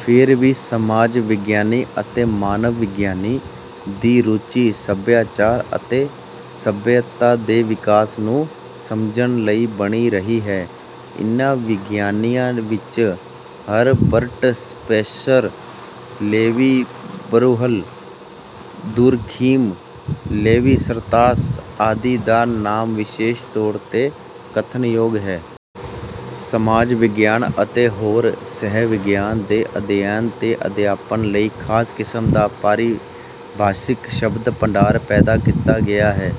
ਫੇਰ ਵੀ ਸਮਾਜ ਵਿਗਿਆਨੀ ਅਤੇ ਮਾਨਵ ਵਿਗਿਆਨੀ ਦੀ ਰੁਚੀ ਸੱਭਿਆਚਾਰ ਅਤੇ ਸੱਭਿਅਤਾ ਦੇ ਵਿਕਾਸ ਨੂੰ ਸਮਝਣ ਲਈ ਬਣੀ ਰਹੀ ਹੈ। ਇਹਨਾਂ ਵਿਗਿਆਨੀਆਂ ਵਿੱਚ Herbert Spencer, Levy Bruhl, Durkheim, Levi Strauss ਆਦਿ ਦਾ ਨਾਮ ਵਿਸ਼ੇਸ਼ ਤੌਰ 'ਤੇ ਕਥਨਯੋਗ ਹੈ। ਸਮਾਜ ਵਿਗਿਆਨ ਅਤੇ ਹੋਰ ਸਹਿ-ਵਿਗਿਆਨ ਦੇ ਅਧਿਐਨ ਤੇ ਅਧਿਆਪਨ ਲਈ ਖਾਸ ਕਿਸਮ ਦਾ ਪਾਰਿਭਾਸ਼ਿਕ ਸ਼ਬਦ-ਭੰਡਾਰ ਪੈਦਾ ਕੀਤਾ ਗਿਆ ਹੈ।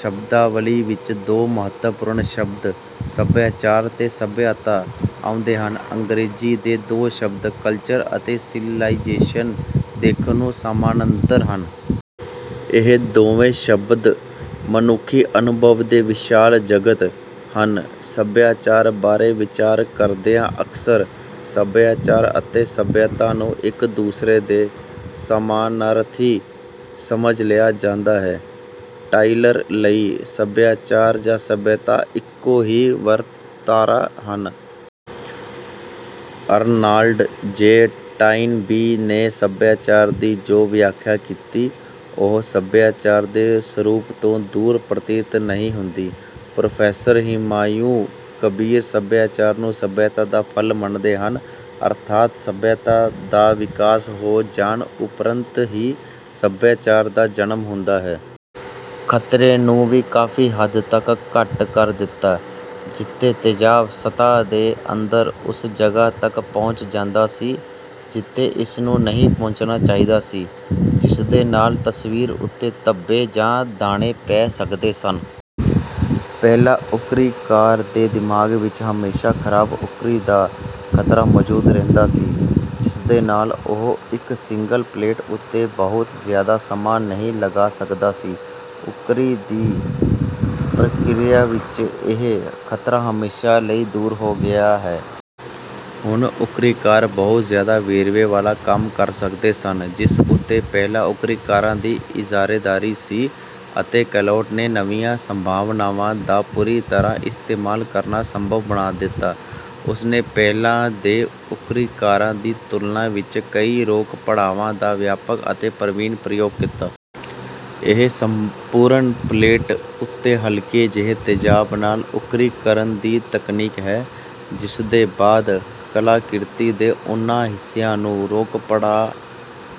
ਸ਼ਬਦਾਵਲੀ ਵਿੱਚ ਦੋ ਮਹੱਤਵਪੂਰਨ ਸ਼ਬਦ "ਸੱਭਿਆਚਾਰ" ਤੇ "ਸੱਭਿਅਤਾ" ਆਉਂਦੇ ਹਨ। ਅੰਗਰੇਜ਼ੀ ਦੇ ਦੋ ਸ਼ਬਦ ਕਲਚਰ ਅਤੇ ਸਿਵੀਲਾਈਜੇਸ਼ਨ ਦੇਖਣ ਨੂੰ ਸਮਾਨਾਂਤਰ ਹਨ। ਇਹ ਦੋਵੇਂ ਸ਼ਬਦ ਮਨੁੱਖੀ ਅਨੁਭਵ ਦੇ ਵਿਸ਼ਾਲ ਜਗਤ ਹਨ। ਸੱਭਿਆਚਾਰ ਬਾਰੇ ਵਿਚਾਰ ਕਰਦਿਆਂ ਅਕਸਰ "ਸੱਭਿਆਚਾਰ" ਅਤੇ "ਸੱਭਿਅਤਾ" ਨੂੰ ਇੱਕ ਦੂਸਰੇ ਦੇ ਸਮਾਨਾਰਥੀ ਸਮਝ ਲਿਆ ਜਾਂਦਾ ਹੈ। ਟਾਇਲਰ ਲਈ "ਸੱਭਿਆਚਾਰ" ਜਾਂ "ਸੱਭਿਅਤਾ" ਇੱਕੋ ਹੀ ਵਰਤਾਰਾ ਹਨ। ਅਰਨਾਲਡ ਜੇ. ਟਾਇਨਬੀ ਨੇ ਸੱਭਿਆਚਾਰ ਦੀ ਜੋ ਵਿਆਖਿਆ ਕੀਤੀ, ਉਹ ਸੱਭਿਆਚਾਰ ਦੇ ਸਰੂਪ ਤੋਂ ਦੂਰ ਪ੍ਰਤੀਤ ਨਹੀਂ ਹੁੰਦੀ। ਪ੍ਰੋਫੈਸਰ ਹੁਮਾਯੂੰ ਕਬੀਰ ਸੱਭਿਆਚਾਰ ਨੂੰ ਸੱਭਿਅਤਾ ਦਾ ਫਲ ਮੰਨਦੇ ਹਨ। ਅਰਥਾਤ ਸੱਭਿਅਤਾ ਦਾ ਵਿਕਾਸ ਹੋ ਜਾਣ ਉਪਰੰਤ ਹੀ ਸੱਭਿਆਚਾਰ ਦਾ ਜਨਮ ਹੁੰਦਾ ਹੈ। ਖਤਰੇ ਨੂੰ ਵੀ ਕਾਫ਼ੀ ਹੱਦ ਤੱਕ ਘੱਟ ਕਰ ਦਿੱਤਾ, ਜਿੱਥੇ ਤੇਜ਼ਾਬ ਸਤ੍ਹਾ ਦੇ ਅੰਦਰ ਉਸ ਜਗ੍ਹਾ ਤੱਕ ਪਹੁੰਚ ਜਾਂਦਾ ਸੀ ਜਿੱਥੇ ਇਸਨੂੰ ਨਹੀਂ ਪਹੁੰਚਣਾ ਚਾਹੀਦਾ ਸੀ, ਜਿਸਦੇ ਨਾਲ ਤਸਵੀਰ ਉੱਤੇ ਧੱਬੇ ਜਾਂ ਦਾਣੇ ਪੈ ਸਕਦੇ ਸਨ। ਪਹਿਲਾਂ ਉੱਕਰੀਕਾਰ ਦੇ ਦਿਮਾਗ ਵਿੱਚ ਹਮੇਸ਼ਾ ਖ਼ਰਾਬ ਉੱਕਰੀ ਦਾ ਖ਼ਤਰਾ ਮੌਜੂਦ ਰਹਿੰਦਾ ਸੀ, ਜਿਸਦੇ ਨਾਲ ਉਹ ਇੱਕ ਸਿੰਗਲ ਪਲੇਟ ਉੱਤੇ ਬਹੁਤ ਜ਼ਿਆਦਾ ਸਮਾਂ ਨਹੀਂ ਲਗਾ ਸਕਦਾ ਸੀ। ਉੱਕਰੀ ਦੀ ਪ੍ਰਕਿਰਿਆ ਵਿੱਚ ਇਹ ਖ਼ਤਰਾ ਹਮੇਸ਼ਾ ਲਈ ਦੂਰ ਹੋ ਗਿਆ ਹੈ। ਹੁਣ ਉੱਕਰੀਕਾਰ ਬਹੁਤ ਜ਼ਿਆਦਾ ਵੇਰਵੇ ਵਾਲਾ ਕੰਮ ਕਰ ਸਕਦੇ ਸਨ, ਜਿਸ ਉੱਤੇ ਪਹਿਲਾਂ ਉੱਕਰੀਕਾਰਾਂ ਦੀ ਇਜਾਰੇਦਾਰੀ ਸੀ, ਅਤੇ ਕੈਲੋਟ ਨੇ ਨਵੀਆਂ ਸੰਭਾਵਨਾਵਾਂ ਦਾ ਪੂਰੀ ਤਰ੍ਹਾਂ ਇਸਤੇਮਾਲ ਕਰਨਾ ਸੰਭਵ ਬਣਾ ਦਿੱਤਾ। ਉਸ ਨੇ ਪਹਿਲਾਂ ਦੇ ਉੱਕਰੀਕਾਰਾਂ ਦੀ ਤੁਲਨਾ ਵਿੱਚ ਕਈ "ਰੋਕ-ਪੜਾਵਾਂ" ਦਾ ਵਿਆਪਕ ਅਤੇ ਪ੍ਰਵੀਨ ਪ੍ਰਯੋਗ ਕੀਤਾ। ਇਹ ਸੰਪੂਰਨ ਪਲੇਟ ਉੱਤੇ ਹਲਕੇ ਜਿਹੇ ਤੇਜ਼ਾਬ ਨਾਲ ਉੱਕਰੀ ਕਰਨ ਦੀ ਤਕਨੀਕ ਹੈ, ਜਿਸਦੇ ਬਾਅਦ ਕਲਾਕ੍ਰਿਤੀ ਦੇ ਉਨ੍ਹਾਂ ਹਿੱਸਿਆਂ ਨੂੰ "ਰੋਕ-ਪੜਾਅ"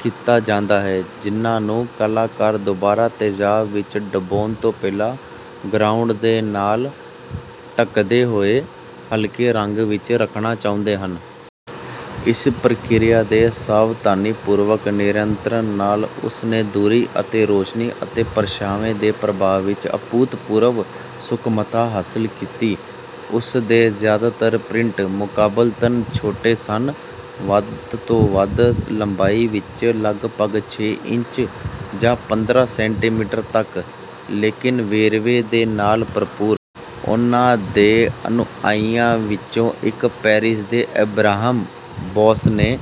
ਕੀਤਾ ਜਾਂਦਾ ਹੈ ਜਿਨ੍ਹਾਂ ਨੂੰ ਕਲਾਕਾਰ ਦੁਬਾਰਾ ਤੇਜ਼ਾਬ ਵਿੱਚ ਡੁਬੋਣ ਤੋਂ ਪਹਿਲਾਂ "ਗਰਾਉਂਡ" ਦੇ ਨਾਲ ਢੱਕਦੇ ਹੋਏ ਹਲਕੇ ਰੰਗ ਵਿੱਚ ਰੱਖਣਾ ਚਾਹੁੰਦਾ ਹੈ। ਇਸ ਪ੍ਰਕਿਰਿਆ ਦੇ ਸਾਵਧਾਨੀਪੂਰਵਕ ਨਿਯੰਤਰਣ ਨਾਲ ਉਸ ਨੇ ਦੂਰੀ ਅਤੇ ਰੋਸ਼ਨੀ ਅਤੇ ਪਰਛਾਵੇਂ ਦੇ ਪ੍ਰਭਾਵ ਵਿੱਚ ਅਭੂਤਪੂਰਵ ਸੂਖਮਤਾ ਹਾਸਲ ਕੀਤੀ। ਉਸ ਦੇ ਜ਼ਿਆਦਾਤਰ ਪ੍ਰਿੰਟ ਮੁਕਾਬਲਤਨ ਛੋਟੇ ਸਨ, ਵੱਧ ਤੋਂ ਵੱਧ ਲੰਬਾਈ ਵਿੱਚ ਲਗਭਗ ਛੇ ਇੰਚ ਜਾਂ ਪੰਦਰਾਂ ਸੈਂਟੀਮੀਟਰ ਤੱਕ, ਲੇਕਿਨ ਵੇਰਵੇ ਦੇ ਨਾਲ ਭਰਪੂਰ। ਉਨ੍ਹਾਂ ਦੇ ਅਨੁਆਈਆਂ ਵਿੱਚੋਂ ਇੱਕ, ਪੈਰਿਸ ਦੇ ਅਬ੍ਰਾਹਮ ਬੋਸ ਨੇ